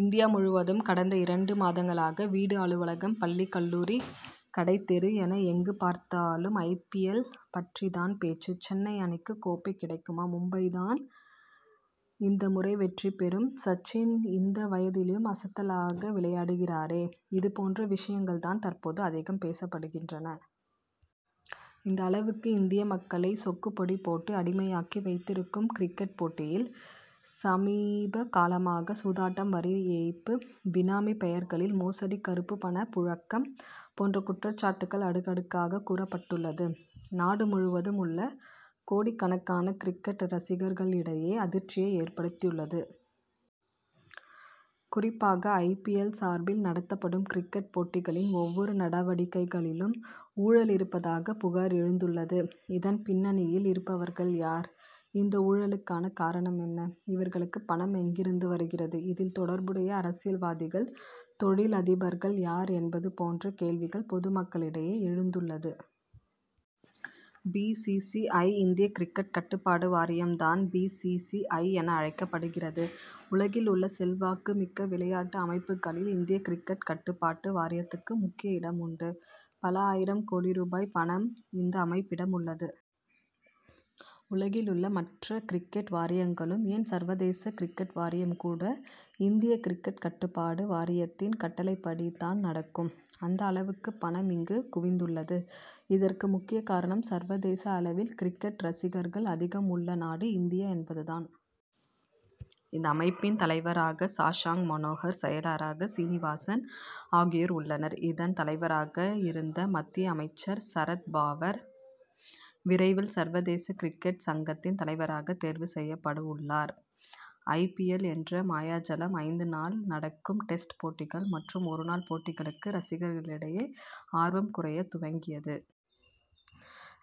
India முழுவதும் கடந்த இரண்டு மாதங்களாக வீடு அலுவலகம் பள்ளி கல்லூரி கடைத் தெரு என எங்கு பார்த்தாலும் ஐ. பி. எல். பற்றித் தான் பேச்சு. சென்னை அணிக்கு கோப்பை கிடைக்குமா மும்பை தான் இந்த முறை வெற்றி பெறும் சச்சின் இந்த வயதிலும் அசத்தலாக விளையாடுகிறாரே இதுபோன்ற விஷயங்கள் தான் தற்போது அதிகம் பேசப்படுகின்றன. இந்த அளவுக்கு இந்திய மக்களை சொக்கு பொடி போட்டு அடிமையாக்கி வைத்திருக்கும் கிரிக்கெட் போட்டியில் சமீபகாலமாக சூதாட்டம் வரி ஏய்ப்பு பினாமி பெயர்களில் மோசடி கருப்பு பண புழக்கம் போன்ற குற்றச்சாட்டுகள் அடுக்கடுக்காக கூறப்பட்டுள்ளது நாடு முழுவதும் உள்ள கோடிக்கணக்கான கிரிக்கெட் ரசிகர்களிடையே அதிர்ச்சியை ஏற்படுத்தியுள்ளது. குறிப்பாக ஐ. பி. எல். சார்பில் நடத்தப்படும் கிரிக்கெட் போட்டிகளின் ஒவ்வொரு நடவடிக்கைகளிலும் ஊழல் இருப்பதாக புகார் எழுந்துள்ளது. இதன் பின்னணியில் இருப்பவர்கள் யார்? இந்த ஊழலுக்கான காரணம் என்ன? இவர்களுக்கு பணம் எங்கிருந்து வருகிறது. இதில் தொடர்புடைய அரசியல்வாதிகள் தொழில் அதிபர்கள் யார் என்பது போன்ற கேள்விகள் பொதுமக்களிடையே எழுந்துள்ளது. பி. சி. சி. ஐ. இந்திய கிரிக்கெட் கட்டுப்பாட்டு வாரியம் தான் பி. சி. சி. ஐ. என அழைக்கப்படுகிறது. உலகில் உள்ள செல்வாக்கு மிக்க விளையாட்டு அமைப்புகளில் இந்திய கிரிக்கெட் கட்டுப்பாட்டு வாரியத்துக்கு முக்கிய இடம் உண்டு. பல ஆயிரம் கோடி ரூபாய் பணம், இந்த அமைப்பிடம் உள்ளது. உலகில் உள்ள மற்ற கிரிக்கெட் வாரியங்களும் ஏன் சர்வதேச கிரிக்கெட் வாரியம் கூட இந்திய கிரிக்கெட் கட்டுப்பாட்டு வாரியத்தின் கட்டளைப்படி தான் நடக்கும். அந்த அளவுக்கு பணம் இங்கு குவிந்துள்ளது. இதற்கு முக்கிய காரணம் சர்வதேச அளவில் கிரிக்கெட் ரசிகர்கள் அதிகம் உள்ள நாடு இந்தியா என்பது தான். இந்த அமைப்பின் தலைவராக சஷாங் மனோகர் செயலராக சீனிவாசன் ஆகியோர் உள்ளனர். இதன் தலைவராக இருந்த மத்திய அமைச்சர் சரத் பாவர் விரைவில் சர்வதேச கிரிக்கெட் சங்கத்தின் தலைவராக தேர்வு செய்யப்படவுள்ளார். ஐ. பி. எல். என்ற மாயாஜாலம்: ஐந்து நாள் நடக்கும் டெஸ்ட் போட்டிகள் மற்றும் ஒரு நாள் போட்டிகளுக்கு ரசிகர்களிடையே ஆர்வம் குறையத் துவங்கியது.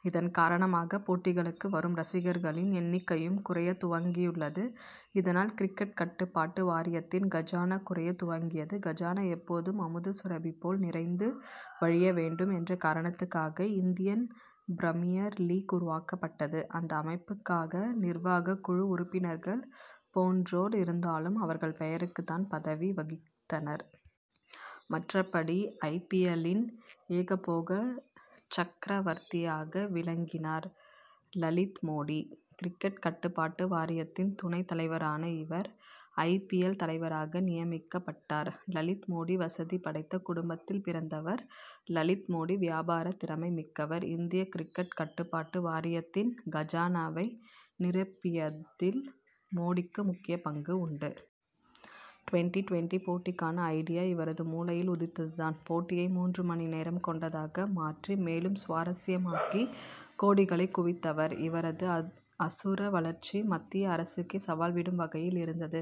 இதன்காரணமாக போட்டிகளுக்கு வரும் ரசிகர்களின் எண்ணிக்கையும் குறையத் துவங்கியுள்ளது. இதனால் கிரிக்கெட் கட்டுப்பாட்டு வாரியத்தின் கஜானா குறையத் துவங்கியது. கஜானா எப்போதும் அமுத சுரபி போல் நிறைந்து வழிய வேண்டும் என்ற காரணத்துக்காக இந்தியன் ப்ரமியர் லீக் உருவாக்கப்பட்டது. இந்த அமைப்புக்காக நிர்வாக குழு உறுப்பினர்கள் போன்றோர் இருந்தாலும், அவர்கள் பெயருக்கு தான் பதவி வகித்தனர். மற்றபடி, ஐ. பி. எல்.லின் ஏகபோக சக்கரவர்த்தியாக விளங்கினார் லலித் மோடி. கிரிக்கெட் கட்டுப்பாட்டு வாரியத்தின் துணை தலைவரான இவர் ஐ. பி. எல். தலைவராக நியமிக்கப்பட்டார். லலித் மோடி வசதி படைத்த குடும்பத்தில் பிறந்தவர் லலித் மோடி. வியாபார திறமை மிக்கவர். இந்திய கிரிக்கெட் கட்டுப்பாட்டு வாரியத்தின் கஜானாவை நிரப்பியதில் மோடிக்கு முக்கிய பங்கு உண்டு. டுவென்டி-டுவென்டி போட்டிக்கான ஐடியா இவரது மூளையில் உதித்தது தான். போட்டியை மூன்று மணி நேரம் கொண்டதாக மாற்றி மேலும் சுவாரசியமாக்கி கோடிகளை குவித்தவர். இவரது அத் அசுர வளர்ச்சி மத்திய அரசுக்கே சவால் விடும் வகையில் இருந்தது.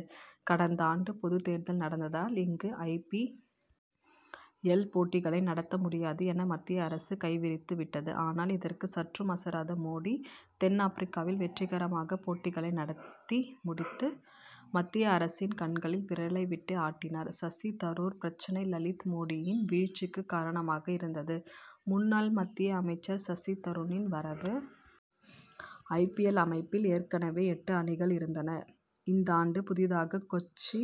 கடந்தாண்டு பொதுத் தேர்தல் நடந்ததால் இங்கு ஐ. பி. எல். போட்டிகளை நடத்த முடியாது என மத்திய அரசு கை விரித்து விட்டது. ஆனால் இதற்கு சற்றும் அசராத மோடி தென் ஆப்பிரிக்காவில் வெற்றிகரமாக போட்டிகளை நடத்தி முடித்து மத்திய அரசின் கண்களில் விரலை விட்டு ஆட்டினார். சசி தரூர் பிரச்னை லலித் மோடியின் வீழ்ச்சிக்கு காரணமாக இருந்தது முன்னாள் மத்திய அமைச்சர் சசி தரூரின் வரவு. ஐ. பி. எல். அமைப்பில் ஏற்கனவே எட்டு அணிகள் இருந்தன. இந்தாண்டு புதிதாக கொச்சி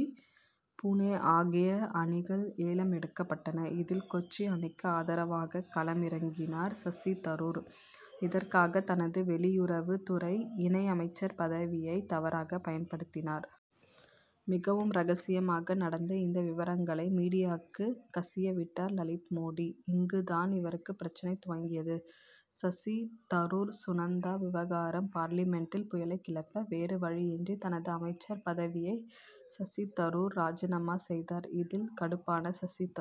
புனே ஆகிய அணிகள் ஏலம் எடுக்கப்பட்டன. இதில் கொச்சி அணிக்கு ஆதரவாக களம் இறங்கினார் சசி தரூர். இதற்காக, தனது வெளியுறவு துறை இணை அமைச்சர் பதவியை தவறாக பயன்படுத்தினார். மிகவும் ரகசியமாக நடந்த இந்த விவரங்களை மீடியாக்கு கசியவிட்டார் லலித் மோடி. இங்கு தான் இவருக்கு பிரச்சனை துவங்கியது. சசி தரூர்-சுனந்தா விவகாரம் பார்லிமென்டில் புயலை கிளப்ப வேறு வழியின்றி தனது அமைச்சர் பதவியை சசி தரூர் ராஜினாமா செய்தார். இதில் கடுப்பான சசி தரூர்